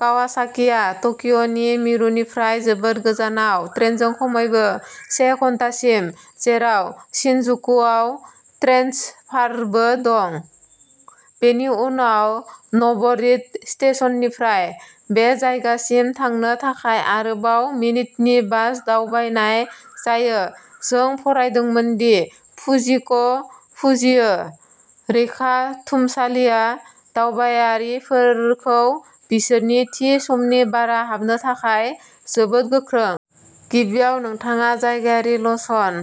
कावासाकिआ टकिय'नि मिरुनिफ्राय जोबोद गोजानाव, ट्रेनजों खमैबो से घन्टासिम, जेराव शिनजुकुआव ट्रेन्सफारबो दं। बेनि उनाव नब'रिट'स्टेशननिफ्राय, बे जायगासिम थांनो थाखाय आरोबाव मिनिटनि बास दावबायनाय जायो। जों फरायदोंमोन दि फुजिको फुजियो रैखाथुमसालिया दावबायारिफोरखौ बिसोरनि थि समनि बारा हाबनो थाखाय जोबोद गोख्रों। गिबियाव, नोंथाङा जायगायारि ल'सन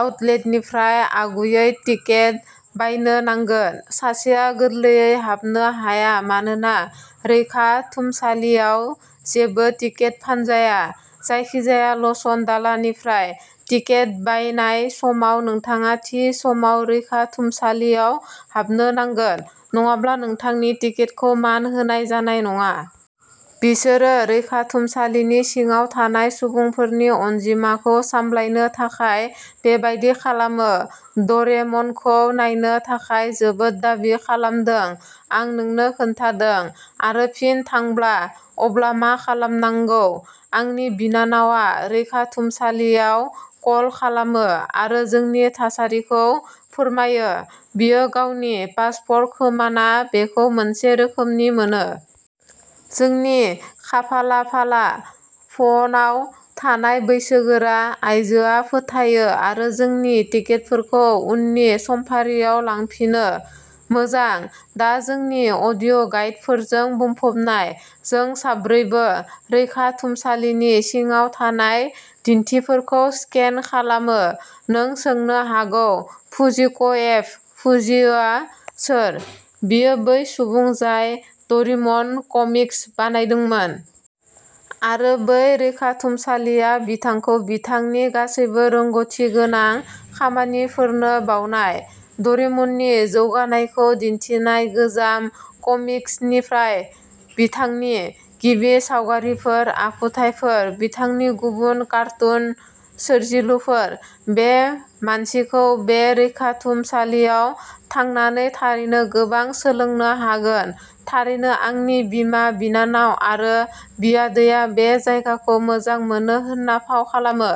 आउटलेटनिफ्राय आगुयै टिकेट बायनो नांगोन। सासेआ गोरलैयै हाबनो हाया मानोना रैखाथुमसालियाव जेबो टिकेट फानजाया। जायखिजाया ल'सन दालायनिफ्राय टिकेट बायनाय समाव, नोंथाङा थि समाव रैखाथुमसालियाव हाबनो नांगोन नङाब्ला नोंथांनि टिकेटखौ मान होनाय जानाय नङा। बिसोरो रैखाथुमसालिनि सिङाव थानाय सुबुंफोरनि अनजिमाखौ सामलायनो थाखाय बेबादि खालामो। ड'रेमनखौ नायनो थाखाय जोबोद दाबि खालामदों आं नोंनो खोन्थादों! आरो फिन थांब्ला, अब्ला मा खालामनांगौ? आंनि बिनानावआ रैखाथुमसालियाव कल खालामो आरो जोंनि थासारिखौ फोरमायो, बियो गावनि पासपोर्ट खोमाना बेखौ मोनसे रोखोमनि मोनो। जोंनि खाफालाफाला फ'नाव थानाय बैसोगोरा आइजोआ फोथायो आरो जोंनि टिकेटफोरखौ उननि समफारियाव लांफिनो। मोजां! दा जोंनि अडिअ'गाइडफोरजों बुंफबनाय, जों साब्रैबो रैखाथुमसालिनि सिङाव थानाय दिन्थिफोरखौ स्केन खालामो। नों सोंनो हागौ फुजिक'एफ. फुजियोआ सोर। बियो बै सुबुं जाय ड'रेमन कमिक्स बानायदोंमोन! आरो बे रैखाथुमसालिया बिथांखौ, बिथांनि गासैबो रोंग'थिगोनां खामानिफोरनो बावनाय। ड'रेमननि जौगानायखौ दिन्थिनाय गोजाम कमिक्सनिफ्राय, बिथांनि गिबि सावगारिफोर, आखुथायफोर, बिथांनि गुबुन कार्टुन सोरजिलुफोर, बे मानसिखौ बे रैखाथुमसालियाव थांनानै थारैनो गोबां सोलोंनो हागोन। थारैनो, आंनि बिमा, बिनानाव आरो बियादैआ बे जायगाखौ मोजां मोनो होनना फाव खालामो।